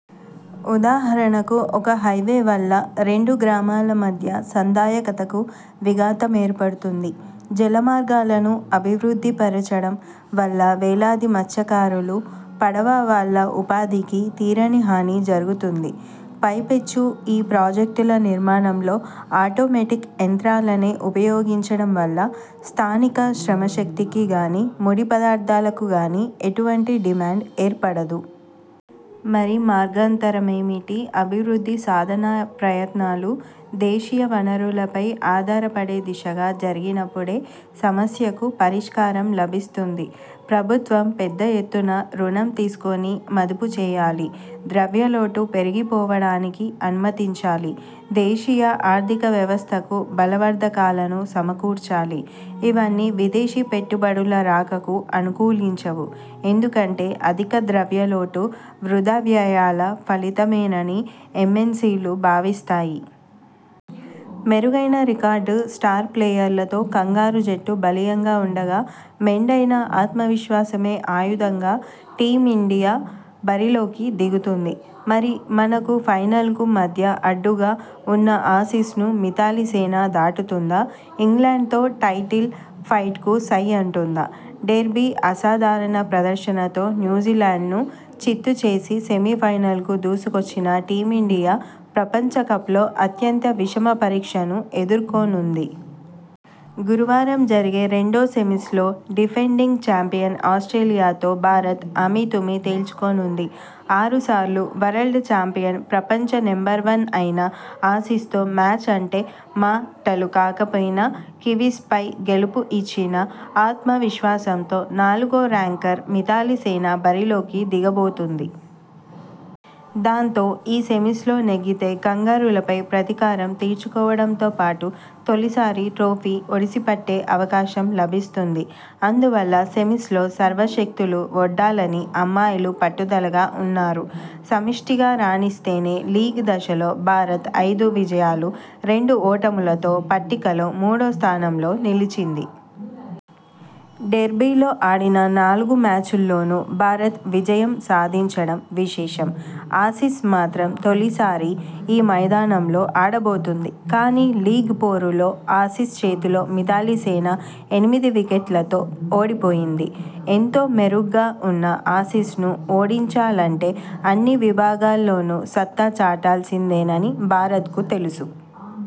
ఉదాహరణకు ఒక హైవే వల్ల రెండు గ్రామాల మధ్య సంధాయకతకు విఘాతమేర్పడుతుంది. జలమార్గాలను అభివృద్ధిపరచడం వల్ల వేలాది మత్స్యకారులు, పడవ వాళ్ళ ఉపాధికి తీరని హాని జరుగుతుంది. పైపెచ్చు ఈ ప్రాజెక్టుల నిర్మాణంలో ఆటోమెటిక్ యంత్రాలనే ఉపయోగించడం వల్ల స్థానిక శ్రమశక్తికి గానీ, ముడి పదార్థాలకు గానీ ఎటువంటి డిమాండ్ ఏర్పడదు. మరి మార్గాంతరమేమిటి? అభివృద్ధి సాధనా ప్రయత్నాలు దేశీయ వనరులపై ఆధారపడేదిశగా జరిగినప్పుడే సమస్యకు పరిష్కారం లభిస్తుంది. ప్రభుత్వం పెద్దఎత్తున రుణం తీసుకొని మదుపుచేయాలి. ద్రవ్యలోటు పెరిగిపోవడానికి అనుమతించాలి. దేశీయ ఆర్థికవ్యవస్థకు బలవర్ధకాలను సమకూర్చాలి. ఇవన్నీ విదేశీ పెట్టుబడుల రాకకు అనుకూలించవు. ఎందుకంటే అధిక ద్రవ్యలోటు వృథావ్యయాల ఫలితమేనని ఎమ్ఎన్సీలు భావిస్తాయి. మెరుగైన రికార్డు స్టార్ ప్లేయర్లతో కంగారూ జట్టు బలీయంగా ఉండగా మెండైన ఆత్మవిశ్వాసమే ఆయుధంగా టీమిండి యా బరిలోకి దిగుతోంది! మరి, మనకు ఫైనల్కు మధ్య అడ్డుగా ఉన్న ఆసీస్ను మిథాలీసేన దాటుతుందా ఇంగ్లండ్తో టైటిల్ ఫైట్కు సై అంటుందా? డెర్బీ: అసాధారణ ప్రదర్శనతో న్యూజిలాండ్ను చిత్తు చేసి సెమీఫైనల్కు దూసుకొచ్చిన టీమిండియా ప్రపంచకప్లో అత్యంత విషమపరీక్షను ఎదుర్కో నుంది. గురువారం జరిగే రెండో సెమీస్లో డిఫెం డింగ్ చాంపియన్ ఆస్ట్రేలియాతో భారత్ అమీతుమీ తేల్చుకోనుంది. ఆరుసార్లు వరల్డ్ చాంపియన్, ప్రపం చ నెంబర్ వన్ అయిన ఆసీస్తో మ్యాచ్ అంటే మా టలు కాకపోయిన కివీస్పై గెలుపు ఇచ్చిన ఆత్మ విశ్వాసంతో నాలుగో ర్యాంకర్ మిథాలీసేన బరిలోకి దిగబోతోంది. దాంతో, ఈ సెమీస్లో నెగ్గితే కంగారూలపై ప్రతీకారం తీర్చుకోవడంతోపాటు తొలిసారి ట్రోఫీ ఒడిసిపట్టే అవకాశం లభిస్తుంది. అందువల్ల సెమీస్లో సర్వ శక్తులూ ఒడ్డాలని అమ్మాయిలు పట్టుదలగా ఉన్నారు. సమష్టిగా రాణిస్తేనే లీగ్ దశలో భారత్ ఐదు విజయాలు, రెండు ఓటములతో పట్టికలో మూడో స్థానంలో నిలిచింది. డెర్బీలో ఆడిన నాలుగు మ్యాచ్ల్లోనూ భారత్ విజ యం సాధించడం విశేషం. ఆసీస్ మాత్రం తొలి సారి ఈ మైదానంలో ఆడబోతోంది. కానీ, లీగ్ పోరు లో ఆసీస్ చేతిలో మిథాలీసేన ఎనిమిది వికె ట్లతో ఓడిపోయింది. ఎంతో మెరుగ్గా ఉన్న ఆసీస్ను ఓడిం చాలంటే అన్ని విభాగాల్లోనూ సత్తా చాటాల్సిందేనని భారత్కు తెలుసు.